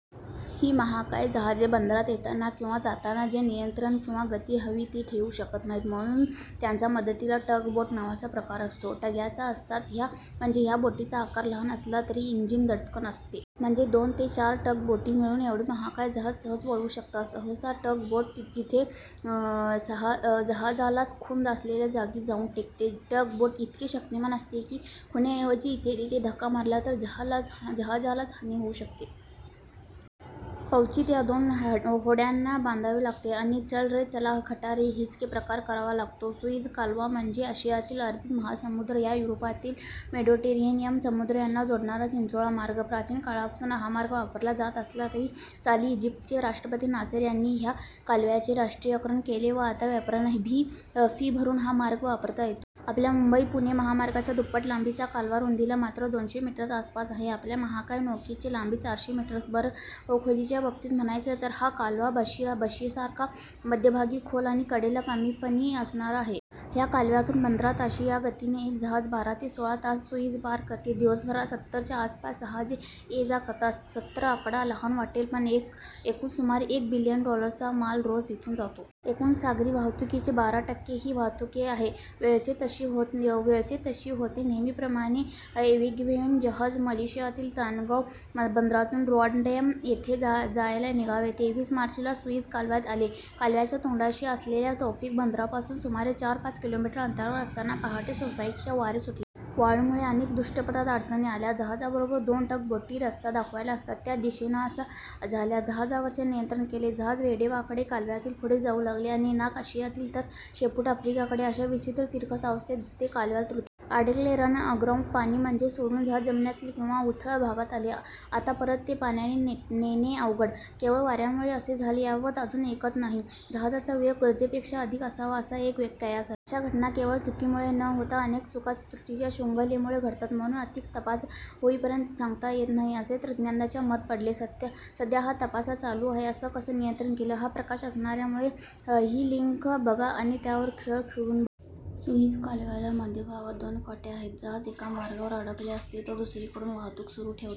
ही महाकाय जहाजे बंदरात येताना किंवा जाताना जे नियंत्रण किंवा गती हवी ती ठेवू शकत नाहीत. म्हणून त्यांचा मदतीला टग बोट नावाचा प्रकार असतो. टग्याच असतात ह्या म्हणजे ह्या बोटीचा आकार लहान असला तरी इंजिन दणकट असते. म्हणजे दोन ते चार टग बोटी मिळून एवढे महाकाय जहाज सहज वळवू शकतात. सहसा टग बोट थेट जहाजालाच खूण असलेल्या जागी जाऊन चिकटते. टग बोट इतकी शक्तिमान असते की खुणेऐवजी इथे तिथे धक्का मारला तर जहाजालाच हानी होऊ शकते. क्वचित ह्या दोन होड्यांना बांधावे लागते आणि 'चल ले चल खटारा खिंच के' प्रकार करावा लागतो. सुएझ कालवा म्हणजे आशियातील अरबी महासामुद्र व युरोपातील मेडीटेरेनियन समुद्र यांना जोडणारा चिंचोळा मार्ग. प्राचीन काळापासून हा मार्ग वापरला जात असला तरी साली ईजिप्तचे राष्ट्रपती नासेर यांनी ह्या कालव्याचे राष्ट्रीयकरण केले व आता व्यापाऱ्यांना फी भरून हा मार्ग वापरता येतो. आपल्या मुंबई-पुणे महामार्गाच्या दुप्पट लांबीचा कालवा रुंदीला मात्र दोनशे मीटर्स आसपास आहे. आपल्या महाकाय नौकेची लांबी चारशे मीटर्स बरं! खोलीच्या बाबतीत म्हणायचं तर हा कालवा बशीसारखा मध्यभागी खोल आणि कडेला कमी पाणी असणारा आहे. ह्या कालव्यातून पंधरा ताशी ह्या गतीने एक जहाज बारा ते सोळा तासात सुएझ पार करते. दिवसभरात सत्तर च्या आसपास जहाजे ये-जा करतात. सत्तर आकडा लहान वाटेल पण एकूण सुमारे एक बिलियन डॉलरचा माल रोज इथून जातो. एकूण सागरी वाहतूकीच्या बारा टक्के ही वाहतूक आहे. ेळच तशी होती नेहमीप्रमाणे एव्हरगिव्हन हे जहाज मलेशियातील तानयुंग बंदरातून रॉटरडॅम येथे जायला निघाले. तेवीस मार्च ला सुएझ कालव्यात आले। कालव्याच्या तोंडाशी असलेल्या तौफीक बंदरापासून सुमारे चार-पाच किलोमीटर अंतरावर असताना पहाटे सोसाट्याचे वारे सुटले. वाळूमुळे अनेक दृष्टीपथात अडचणी आल्या, जहाजाबरोबर दोन टग बोटी रस्ता दाखवायला असतात त्या दिसेनाशा झाल्या. जहाजावरचे नियंत्रण गेले. जहाज वेडेवाकडे कालव्यातून पुढे जाऊ लागले. आणि नाक आशियाकडे तर शेपूट आफ्रिकेकडे अशा विचित्र तिरकस अवस्थेत ते कालव्यात रुतले. अडकले. "रन अग्राउंड" म्हणजे पाणी सोडून जहाज जमिनीत किंवा उथळ भागात आले. आता परत ते पाण्यात नेणे अवघड!! केवळ वाऱ्यामुळे असे झाले याबाबत अजून एकमत नाही. जहाजाचा वेग गरजेपेक्षा अधिक असावा असा एक कयास आहे. अशा घटना केवळ एका चुकीमुळे न होता अनेक चूका-त्रुटींचा शृखंलेमुळे घडतात. म्हणून अधिक तपास होईपर्यंत सांगता येत नाही असे तज्ज्ञांचे मत पडले. सध्या हा तपास चालू आहे. "असं कसं नियंत्रण गेलं? " हा प्रश्न असणाऱ्यांसाठी ही लिंक बघा आणि त्यावर खेळ खेळून बघा. सुएझ कालव्याला मध्यभागात दोन फाटे आहेत. जहाज एका मार्गावर अडकले असते तर दुसरीकडून वाहतूक सुरू ठेवता,--